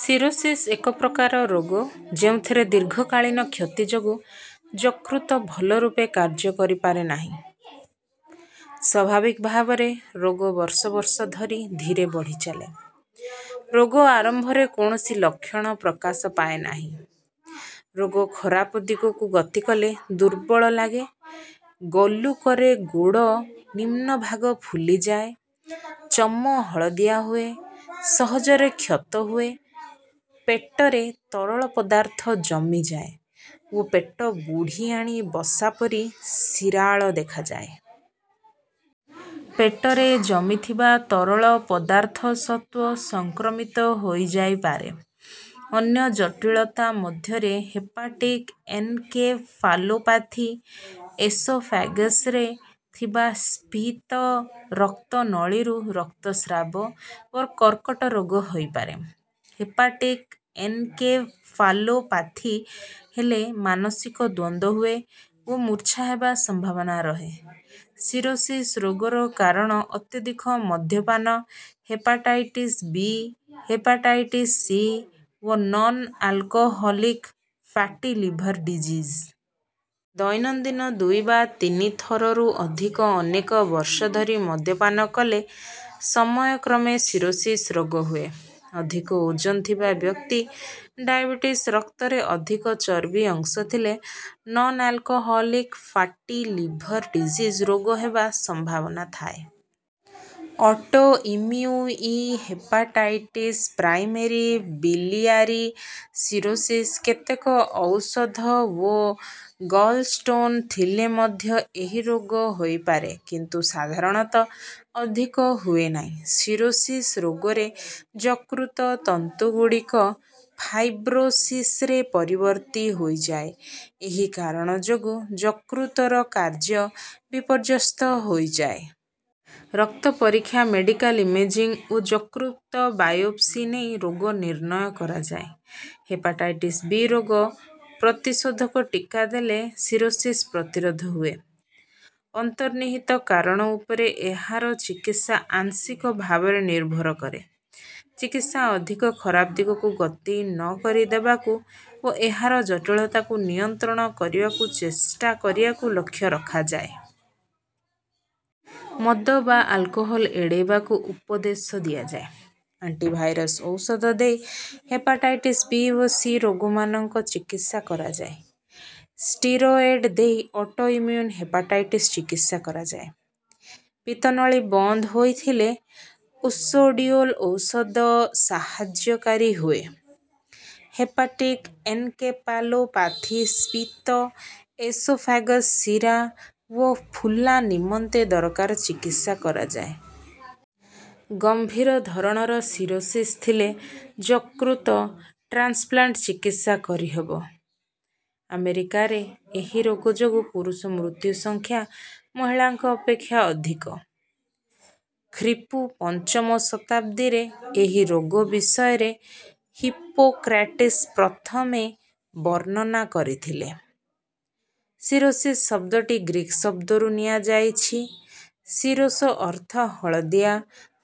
Cirrhosis ଏକ ପ୍ରକାର ରୋଗ ଯେଉଁଥିରେ ଦୀର୍ଘକାଳୀନ କ୍ଷତି ଯୋଗୁ ଯକୃତ ଭଲ ରୂପେ କାର୍ଯ୍ୟ କରିପାରେ ନାହିଁ। ସ୍ୱାଭାବିକ ଭାବରେ ରୋଗ ବର୍ଷ ବର୍ଷ ଧରି ଧୀରେ ବଢ଼ିଚାଲେ। ରୋଗ ଆରମ୍ଭରେ କୋଣସି ଲକ୍ଷଣ ପ୍ରକାଶ ପାଏନାହିଁ। ରୋଗ ଖରାପ ଦିଗକୁ ଗତି କଲେ ଦୁର୍ବଳ ଲାଗେ ଗଲୁ କରେ ଗୋଡ଼ ନିମ୍ନଭାଗ ଫୁଲିଯାଏ ଚମ ହଳଦିଆ ହୁଏ ସହଜରେ କ୍ଷତ ହୁଏ ପେଟରେ ତରଳ ପଦାର୍ଥ ଜମିଯାଏ ଓ ପେଟ ବୁଢ଼ିଆଣି ବସା ପରି ଶିରାଳ ଦେଖାଯାଏ। ପେଟରେ ଜମିଥିବା ତରଳ ପଦାର୍ଥ ସ୍ୱତଃ ସଂକ୍ରମିତ ହୋଇଯାଇପାରେ। ଅନ୍ୟ ଜଟିଳତା ମଧ୍ୟରେ ହେପାଟିକ ଏନକେଫାଲୋପାଥି ଏସୋଫେଗସରେ ଥିବା ସ୍ଫିତ ରକ୍ତନଳୀରୁ ରକ୍ତସ୍ରାବ ଓ କର୍କଟ ରୋଗ ହୋଇପାରେ। ହେପାଟିକ ଏନକେଫାଲୋପାଥି ହେଲେ ମାନସିକ ଦ୍ୱନ୍ଦ ହୁଏ ଓ ମୂର୍ଚ୍ଛା ହେବା ସମ୍ଭାବନା ରହେ। ସିରୋସିସ୍ ରୋଗର କାରଣ ଅତ୍ୟଧିକ ମଦ୍ୟପାନ ହେପାଟାଇଟିସ ବି ହେପାଟାଇଟିସ ସି ଓ non alcoholic fatty liver disease. ଦୈନନ୍ଦିନ ଦୁଇ ବା ତିନି ଥରରୁ ଅଧିକ ଅନେକ ବର୍ଷ ଧରି ମଦ୍ୟପାନ କଲେ ସମୟକ୍ରମେ ସିରୋସିସ୍ ରୋଗ ହୁଏ। ଅଧିକ ଓଜନ ଥିବା ବ୍ୟକ୍ତି ଡାଏବିଟିସ ରକ୍ତରେ ଅଧିକ ଚର୍ବି ଅଂଶଥିଲେ non alcoholic fatty liver disease ରୋଗ ହେବା ସମ୍ଭାବନା ଥାଏ। Autoimmune hepatitis primary biliary cirrhosis କେତେକ ଔଷଧ ଓ ଗଲସ୍ଟୋନ ଥିଲେ ମଧ୍ୟ ଏହି ରୋଗ ହୋଇପାରେ କିନ୍ତୁ ସାଧାରଣତଃ ଅଧିକ ହୁଏ ନାହିଁ। ସିରୋସିସ୍ ରୋଗରେ ଯକୃତ ତନ୍ତୁଗୁଡ଼ିକ ଫାଇବ୍ରୋସିସରେ ପରିବର୍ତ୍ତିତ ହୋଇଯାଏ। ଏହି କାରଣ ଯୋଗୁ ଯକୃତର କାର୍ଯ୍ୟ ବିପର୍ଯ୍ୟସ୍ତ ହୋଇଯାଏ। ରକ୍ତ ପରୀକ୍ଷା ମେଡିକାଲ ଇମେଜିଙ୍ଗ ଓ ଯକୃତ ବାୟୋପ୍ସି ନେଇ ରୋଗ ନିର୍ଣ୍ଣୟ କରାଯାଏ। ହେପାଟାଇଟିସ ବି ରୋଗ ପ୍ରତିଷେଧକ ଟିକା ଦେଲେ ସିରୋସିସ ପ୍ରତିରୋଧ ହୁଏ। ଅନ୍ତର୍ନିହିତ କାରଣ ଉପରେ ଏହାର ଚିକିତ୍ସା ଆଂଶିକ ଭାବରେ ନିର୍ଭର କରେ। ଚିକିତ୍ସା ଅଧିକ ଖରାପ ଦିଗକୁ ଗତି ନ କରି ଦେବାକୁ ଓ ଏହାର ଜଟିଳତାକୁ ନିୟନ୍ତ୍ରଣ କରିବାକୁ ଚେଷ୍ଟା କରିବାକୁ ଲକ୍ଷ୍ୟ ରଖାଯାଏ। ମଦ ବା ଆଲକୋହୋଲ ଏଡ଼େଇବାକୁ ଉପଦେଶ ଦିଆଯାଏ। ଆଣ୍ଟିଭାଇରସ ଔଷଧ ଦେଇ ହେପାଟାଇଟିସ ବି ଓ ସି ରୋଗମାନଙ୍କ ଚିକିତ୍ସା କରାଯାଏ। ସ୍ଟିରଏଡ ଦେଇ ଅଟୋଇମ୍ମ୍ୟୁନ ହେପାଟାଇଟିସ ଚିକିତ୍ସା କରାଯାଏ। ପିତ୍ତନଳୀ ପଥ ବନ୍ଦ ହୋଇଥିଲେ ଉର୍ସୋଡିଓଲ ଔଷଧ ସାହାଯ୍ୟକାରୀ ହୁଏ। ହେପାଟିକ ଏନକେଫାଲୋପାଥି ସ୍ଫିତ ଏସୋଫେଗସ ଶିରା ଓ ଫୁଲା ନିମନ୍ତେ ଦରକାରୀ ଚିକିତ୍ସା କରାଯାଏ। ଗମ୍ଭୀର ଧରଣର ସିରୋସିସ୍ ଥିଲେ ଯକୃତ ଟ୍ରାନ୍ସପ୍ଲାଣ୍ଟ ଚିକିତ୍ସା କରିହେବ। ଆମେରିକାରେ ଏହି ରୋଗ ଯୋଗୁ ପୁରୁଷ ମୃତ୍ୟୁ ସଂଖ୍ୟା ମହିଳାଙ୍କ ଅପେକ୍ଷା ଅଧିକ। ଖ୍ରୀପୂ ପଞ୍ଚମ ଶତାବ୍ଦୀରେ ଏହି ରୋଗ ବିଷୟରେ ହିପୋକ୍ରାଟିସ ପ୍ରଥମେ ବର୍ଣ୍ଣନା କରିଥିଲେ। ସିରୋସିସ ଶବ୍ଦଟି ଗ୍ରୀକ ଶବ୍ଦରୁ ନିଆଯାଇଛିସିରୋସ ଅର୍ଥ ହଳଦିଆ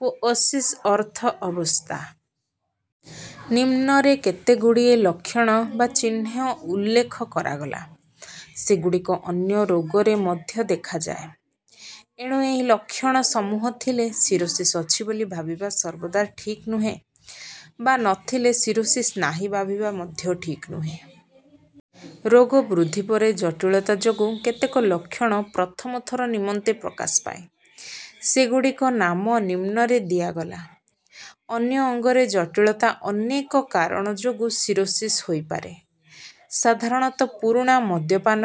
ଓ ଓସିସ ଅର୍ଥ ଅବସ୍ଥା। ନିମ୍ନରେ କେତେଗୁଡିଏ ଲକ୍ଷଣ ଓ ଚିହ୍ନ ଉଲ୍ଲେଖ କରାଗଲା। ସେଗୁଡିକ ଅନ୍ୟ ରୋଗରେ ମଧ୍ୟ ଦେଖାଯାଏ। ଏଣୁ ଏହି ଲକ୍ଷଣ ସମୂହ ଥିଲେ ସିରୋସିସ୍ ଅଛି ବୋଲି ଭାବିବା ସର୍ବଦା ଠିକ୍ ନୁହେଁ ବା ନ ଥିଲେ ସିରୋସିସ୍ ନାହିଁ ଭାବିବା ମଧ୍ୟ ଠିକ ନୁହେଁ। ରୋଗ ବୃଦ୍ଧି ପରେ ଜଟୀଳତା ଯୋଗୁ କେତେକ ଲକ୍ଷଣ ପ୍ରଥମ ଥର ନିମନ୍ତେ ପ୍ରକାଶ ପାଏ। ସେଗୁଡିକ ନାମ ନିମ୍ନରେ ଦିଆଗଲା। ଅନ୍ୟ ଅଙ୍ଗରେ ଜଟୀଳତା ଅନେକ କାରଣ ଯୋଗୁ ସିରୋସିସ୍ ହୋଇପାରେ। ସାଧାରଣତଃ ପୁରୁଣା ମଦ୍ୟପାନ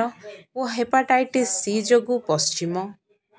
ଓ ହେପାଟାଇଟିସ୍ ସି ଯୋଗୁ ପଶ୍ଚିମ